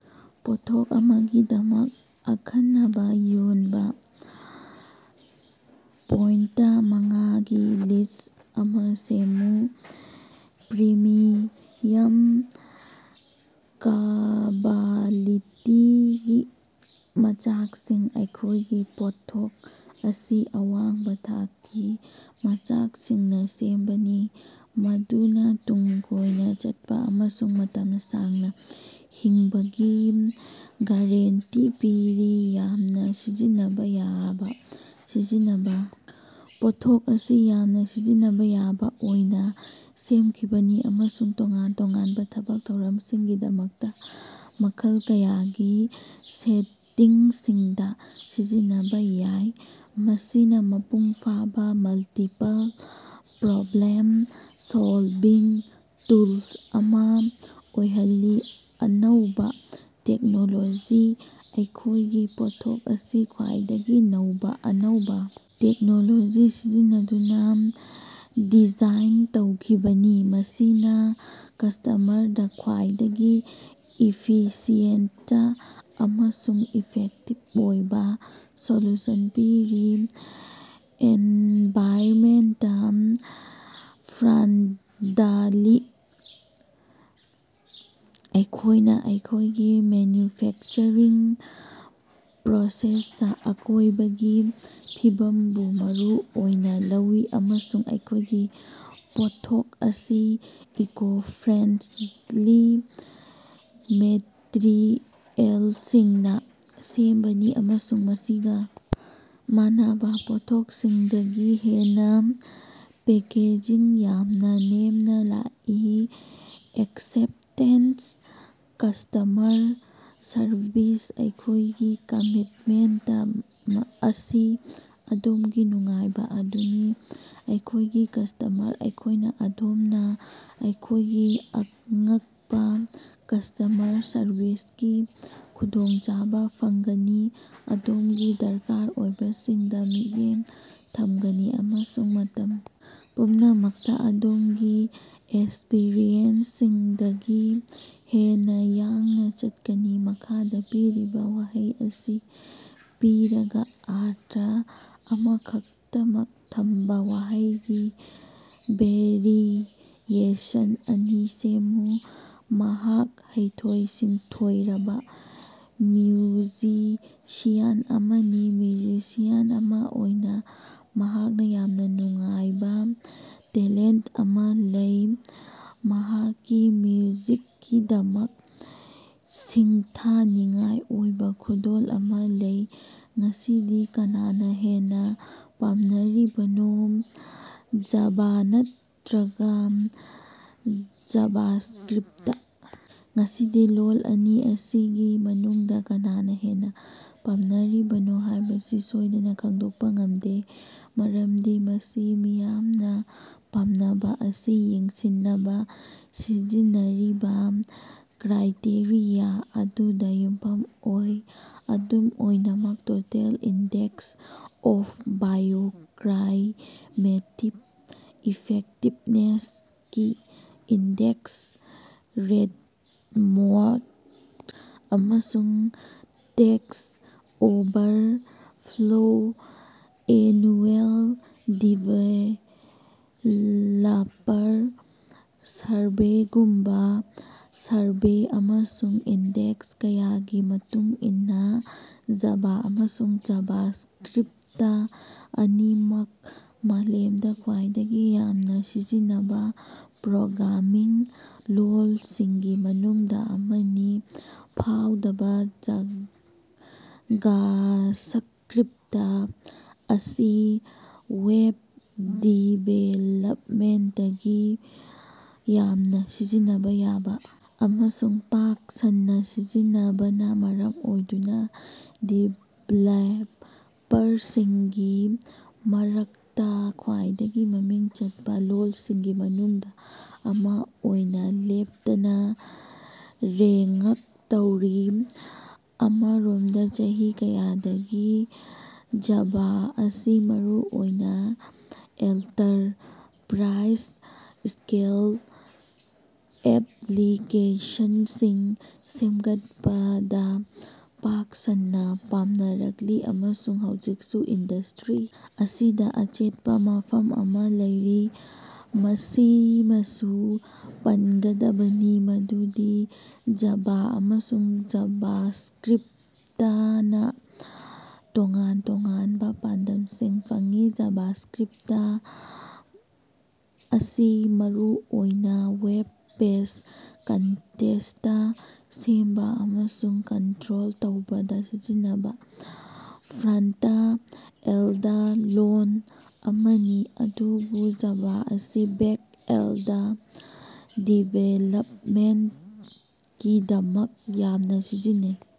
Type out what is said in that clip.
ꯄꯣꯠꯊꯣꯛ ꯑꯃꯒꯤꯗꯃꯛ ꯑꯈꯟꯅꯕ ꯌꯣꯟꯕ ꯄꯣꯏꯟꯇ ꯃꯉꯥꯒꯤ ꯂꯤꯁ꯭ꯠ ꯑꯃ ꯁꯦꯝꯃꯨ꯫ ꯄ꯭ꯔꯤꯃꯤꯌꯝ ꯀ꯭ꯕꯥꯂꯤꯇꯤꯒꯤ ꯃꯆꯥꯛꯁꯤꯡ: ꯑꯩꯈꯣꯏꯒꯤ ꯄꯣꯠꯊꯣꯛ ꯑꯁꯤ ꯑꯋꯥꯡꯕ ꯊꯥꯛꯀꯤ ꯃꯆꯥꯛꯁꯤꯡꯅ ꯁꯦꯝꯕꯅꯤ꯫ ꯃꯗꯨꯅ ꯇꯨꯡ ꯀꯣꯏꯅ ꯆꯠꯄ ꯑꯃꯁꯨꯡ ꯃꯇꯝ ꯁꯥꯡꯅ ꯍꯤꯡꯕꯒꯤ ꯒꯔꯦꯟꯇꯤ ꯄꯤꯔꯤ꯫ ꯌꯥꯝꯅ ꯁꯤꯖꯤꯟꯅꯕ ꯌꯥꯕ ꯁꯤꯖꯤꯟꯅꯕ: ꯄꯣꯠꯊꯣꯛ ꯑꯁꯤ ꯌꯥꯝꯅ ꯁꯤꯖꯤꯟꯅꯕ ꯌꯥꯕ ꯑꯣꯏꯅ ꯁꯦꯝꯈꯤꯕꯅꯤ꯫ ꯑꯃꯁꯨꯡ ꯇꯣꯉꯥꯟ ꯇꯣꯉꯥꯟꯕ ꯊꯕꯛ ꯊꯧꯔꯝꯁꯤꯡꯒꯤꯗꯃꯛꯇ ꯃꯈꯜ ꯀꯌꯥꯒꯤ ꯁꯦꯇꯤꯡꯁꯤꯡꯗ ꯁꯤꯖꯤꯟꯅꯕ ꯌꯥꯏ꯫ ꯃꯁꯤꯅ ꯃꯄꯨꯡ ꯐꯥꯕ ꯃꯜꯇꯤꯄꯜ ꯄ꯭ꯔꯣꯕ꯭ꯂꯦꯝ-ꯁꯣꯜꯕꯤꯡ ꯇꯨꯜ ꯑꯃ ꯑꯣꯏꯍꯜꯂꯤ꯫ ꯑꯅꯧꯕ ꯇꯦꯛꯅꯣꯂꯣꯖꯤ: ꯑꯩꯈꯣꯏꯒꯤ ꯄꯣꯠꯊꯣꯛ ꯑꯁꯤ ꯈ꯭ꯋꯥꯏꯗꯒꯤ ꯅꯧꯕ ꯑꯅꯧꯕ ꯇꯦꯛꯅꯣꯂꯣꯖꯤ ꯁꯤꯖꯤꯟꯅꯗꯨꯅ ꯗꯤꯖꯥꯏꯟ ꯇꯧꯈꯤꯕꯅꯤ꯫ ꯃꯁꯤꯅ ꯀꯁ꯭ꯇꯃꯔꯗ ꯈ꯭ꯋꯥꯏꯗꯒꯤ ꯏꯐꯤꯁꯤꯌꯦꯟꯇ ꯑꯃꯁꯨꯡ ꯏꯐꯦꯛꯇꯤꯕ ꯑꯣꯏꯕ ꯁꯣꯂꯨꯁꯟ ꯄꯤꯔꯤ꯫ ꯑꯦꯟꯚꯥꯏꯔꯟꯃꯦꯟꯇ ꯐ꯭ꯔꯦꯟꯗꯂꯤ: ꯑꯩꯈꯣꯏꯅ ꯑꯩꯈꯣꯏꯒꯤ ꯃꯦꯟꯌꯨꯐꯦꯛꯆ꯭ꯔꯤꯡ ꯄ꯭ꯔꯣꯁꯦꯁꯇ ꯑꯀꯣꯏꯕꯒꯤ ꯐꯤꯕꯝꯕꯨ ꯃꯔꯨ ꯑꯣꯏꯅ ꯂꯧꯏ꯫ ꯑꯃꯁꯨꯡ ꯑꯩꯈꯣꯏꯒꯤ ꯄꯣꯠꯊꯣꯛ ꯑꯁꯤ ꯏꯀꯣꯐ꯭ꯔꯦꯟꯗꯂꯤ ꯃꯦꯇꯔꯤꯑꯦꯜꯁꯤꯡꯅ ꯁꯦꯝꯕꯅꯤ꯫ ꯑꯃꯁꯨꯡ ꯃꯁꯤꯒ ꯃꯥꯟꯅꯕ ꯄꯣꯠꯊꯣꯛꯁꯤꯡꯗꯒꯤ ꯍꯦꯟꯅ ꯄꯦꯀꯦꯖꯤꯡ ꯌꯥꯝꯅ ꯅꯦꯝꯅ ꯂꯥꯛꯏ꯫ ꯑꯦꯛꯁꯦꯞꯇꯦꯟꯁ ꯀꯁ꯭ꯇꯃꯔ ꯁꯔꯕꯤꯁ: ꯑꯩꯈꯣꯏꯒꯤ ꯀꯃꯤꯠꯃꯦꯟꯇ ꯑꯁꯤ ꯑꯗꯣꯝꯒꯤ ꯅꯨꯡꯉꯥꯏꯕ ꯑꯗꯨꯅꯤ꯫ ꯑꯩꯈꯣꯏꯒꯤ ꯀꯁ꯭ꯇꯃꯔ ꯑꯩꯈꯣꯏꯅ ꯑꯗꯣꯝꯅ ꯑꯩꯈꯣꯏꯒꯤ ꯑꯉꯛꯄ ꯀꯁ꯭ꯇꯃꯔ ꯁꯔꯕꯤꯁꯀꯤ ꯈꯨꯗꯣꯡꯆꯥꯕ ꯐꯪꯒꯅꯤ꯫ ꯑꯗꯣꯝꯒꯤ ꯗꯔꯀꯥꯔ ꯑꯣꯏꯕꯁꯤꯡꯗ ꯃꯤꯠꯌꯦꯡ ꯊꯝꯒꯅꯤ ꯑꯃꯁꯨꯡ ꯃꯇꯝ ꯄꯨꯝꯅꯃꯛꯇ ꯑꯗꯣꯝꯒꯤ ꯑꯦꯁ꯭ꯄꯤꯔꯦꯁꯟꯁꯤꯡꯗꯒꯤ ꯍꯦꯟꯅ ꯌꯥꯡꯅ ꯆꯠꯀꯅꯤ꯫ ꯃꯈꯥꯗ ꯄꯤꯔꯤꯕ ꯋꯥꯍꯩ ꯑꯁꯤ ꯄꯤꯔꯒ ꯑꯔꯊ ꯑꯃꯈꯛꯇꯃꯛ ꯊꯝꯕ ꯋꯥꯍꯩꯒꯤ ꯚꯦꯔꯤꯑꯦꯁꯟ ꯑꯅꯤ ꯁꯦꯝꯃꯨ꯫ ꯃꯍꯥꯛ ꯍꯩꯊꯣꯏ-ꯁꯤꯡꯊꯣꯏꯔꯕ ꯃ꯭ꯌꯨꯖꯤꯁꯤꯌꯥꯟ ꯑꯃꯅꯤ꯫ ꯃ꯭ꯌꯨꯖꯤꯁꯤꯌꯥꯟ ꯑꯃ ꯑꯣꯏꯅ ꯃꯍꯥꯛꯅ ꯌꯥꯝꯅ ꯅꯨꯡꯉꯥꯏꯕ ꯇꯦꯂꯦꯟꯇ ꯑꯃ ꯂꯩ꯫ ꯃꯍꯥꯛꯀꯤ ꯃ꯭ꯌꯨꯖꯤꯛꯀꯤꯗꯃꯛ ꯁꯤꯡꯊꯥꯅꯤꯡꯉꯥꯏ ꯑꯣꯏꯕ ꯈꯨꯗꯣꯜ ꯑꯃ ꯂꯩ꯫ ꯉꯁꯤꯗꯤ ꯀꯅꯥꯅ ꯍꯦꯟꯅ ꯄꯥꯝꯅꯔꯤꯕꯅꯣ ꯖꯥꯚꯥ ꯅꯠꯇ꯭ꯔꯒ ꯖꯥꯚꯥꯁ꯭ꯀꯔꯤꯞꯇ? ꯉꯁꯤꯗꯤ ꯂꯣꯜ ꯑꯅꯤ ꯑꯁꯤꯒꯤ ꯃꯅꯨꯡꯗ ꯀꯅꯥꯅ ꯍꯦꯟꯅ ꯄꯥꯝꯅꯔꯤꯕꯅꯣ ꯍꯥꯏꯕꯁꯤ ꯁꯣꯏꯗꯅ ꯈꯪꯗꯣꯛꯄ ꯉꯝꯗꯦ꯫ ꯃꯔꯝꯗꯤ ꯃꯁꯤ ꯃꯤꯌꯥꯝꯅ ꯄꯥꯝꯅꯕ ꯑꯁꯤ ꯌꯦꯡꯁꯤꯟꯅꯕ ꯁꯤꯖꯤꯟꯅꯔꯤꯕ ꯀ꯭ꯔꯥꯏꯇꯦꯔꯤꯌꯥ ꯑꯗꯨꯗ ꯌꯨꯝꯐꯝ ꯑꯣꯏ꯫ ꯑꯗꯨꯝ ꯑꯣꯏꯅꯃꯛ total index of bioclimatic effectiveness ꯒꯤ ꯏꯟꯗꯦꯛꯁ ,ꯔꯦꯗꯃꯣꯡ, ꯑꯃꯁꯨꯡ ꯁ꯭ꯇꯦꯛ ꯑꯣꯚꯔꯐ꯭ꯂꯣ ꯑꯦꯅꯨꯑꯦꯜ ꯗꯤꯕꯦꯂꯄꯔ ꯁꯔꯚꯦꯒꯨꯝꯕ ꯁꯔꯚꯦ ꯑꯃꯁꯨꯡ ꯏꯟꯗꯦꯛꯁ ꯀꯌꯥꯒꯤ ꯃꯇꯨꯡ ꯏꯟꯅꯥ ꯖꯥꯚꯥ ꯑꯃꯁꯨꯡ ꯖꯥꯚꯥꯁ꯭ꯀꯔꯤꯞꯇ ꯑꯅꯤꯃꯛ ꯃꯥꯂꯦꯝꯗ ꯈ꯭ꯋꯥꯏꯗꯒꯤ ꯌꯥꯝꯅ ꯁꯤꯖꯤꯟꯅꯕ ꯄ꯭ꯔꯣꯒ꯭ꯔꯥꯝꯃꯤꯡ ꯂꯣꯜꯁꯤꯡꯒꯤ ꯃꯅꯨꯡꯗ ꯑꯃꯅꯤ꯫ ꯐꯥꯎꯕꯗ, ꯖꯥꯚꯥꯁ꯭ꯛꯔꯤꯞꯇ ꯑꯁꯤ ꯋꯦꯕ ꯗꯤꯕꯦꯂꯄꯃꯦꯟꯇꯗ ꯌꯥꯝꯅ ꯁꯤꯖꯤꯟꯅꯕ ꯌꯥꯕ ꯑꯃꯁꯨꯡ ꯄꯥꯛ ꯁꯟꯅ ꯁꯤꯖꯤꯟꯅꯕꯅ ꯃꯔꯝ ꯑꯣꯏꯗꯨꯅ ꯗꯤꯕꯦꯂꯄꯔꯁꯤꯡꯒꯤ ꯃꯔꯛꯇꯥ ꯈ꯭ꯋꯥꯏꯗꯒꯤ ꯃꯃꯤꯡ ꯆꯠꯄ ꯂꯣꯜꯁꯤꯡꯒꯤ ꯃꯅꯨꯡꯗ ꯑꯃ ꯑꯣꯏꯅ ꯂꯦꯞꯇꯅ ꯔꯦꯉ꯭ꯛ ꯇꯧꯔꯤ꯫ ꯑꯃꯔꯣꯝꯗ, ꯆꯍꯤ ꯀꯌꯥꯗꯒꯤ ꯖꯥꯚꯥ ꯑꯁꯤ ꯃꯔꯨꯑꯣꯏꯅ ꯑꯦꯟꯇꯔꯄ꯭ꯔꯥꯏꯖ-ꯁ꯭ꯀꯦꯜ ꯑꯦꯞꯂꯤꯀꯦꯁꯟꯁꯤꯡ ꯁꯦꯝꯒꯠꯄꯗ ꯄꯥꯛ ꯁꯟꯅ ꯄꯥꯝꯅꯔꯛꯂꯤ ꯑꯃꯁꯨꯡ ꯍꯧꯖꯤꯛꯁꯨ ꯏꯟꯗꯁ꯭ꯇꯔꯤ ꯑꯁꯤꯗ ꯑꯆꯦꯠꯄ ꯃꯐꯝ ꯑꯃ ꯂꯩꯔꯤ꯫ ꯃꯁꯤꯃꯁꯨ ꯄꯟꯒꯗꯕꯅꯤ ꯃꯗꯨꯗꯤ ꯖꯥꯚꯥ ꯑꯃꯁꯨꯡ ꯖꯥꯚꯥꯁ꯭ꯛꯔꯤꯞꯇꯅ ꯇꯣꯉꯥꯟ ꯇꯣꯉꯥꯟꯕ ꯄꯥꯟꯗꯝꯁꯤꯡ ꯐꯪꯏ꯫ ꯖꯥꯚꯥꯁ꯭ꯀꯔꯤꯞꯇ ꯑꯁꯤ ꯃꯔꯨ ꯑꯣꯏꯅ ꯋꯦꯕ ꯄꯦꯖ ꯀꯟꯇꯦꯟꯇ ꯁꯦꯝꯕ ꯑꯃꯁꯨꯡ ꯀꯟꯇ꯭ꯔꯣꯜ ꯇꯧꯕꯗ ꯁꯤꯖꯤꯟꯅꯕ ꯐ꯭ꯔꯟꯇ-ꯑꯦꯟꯗ ꯂꯣꯜ ꯑꯃꯅꯤ꯫ ꯑꯗꯨꯕꯨ ꯖꯥꯚꯥ ꯑꯁꯤ ꯕꯦꯛ-ꯑꯦꯟꯗ ꯗꯤꯕꯦꯂꯄꯃꯦꯟꯇꯀꯤꯗꯃꯛ ꯌꯥꯝꯅ ꯁꯤꯖꯤꯟꯅꯩ꯫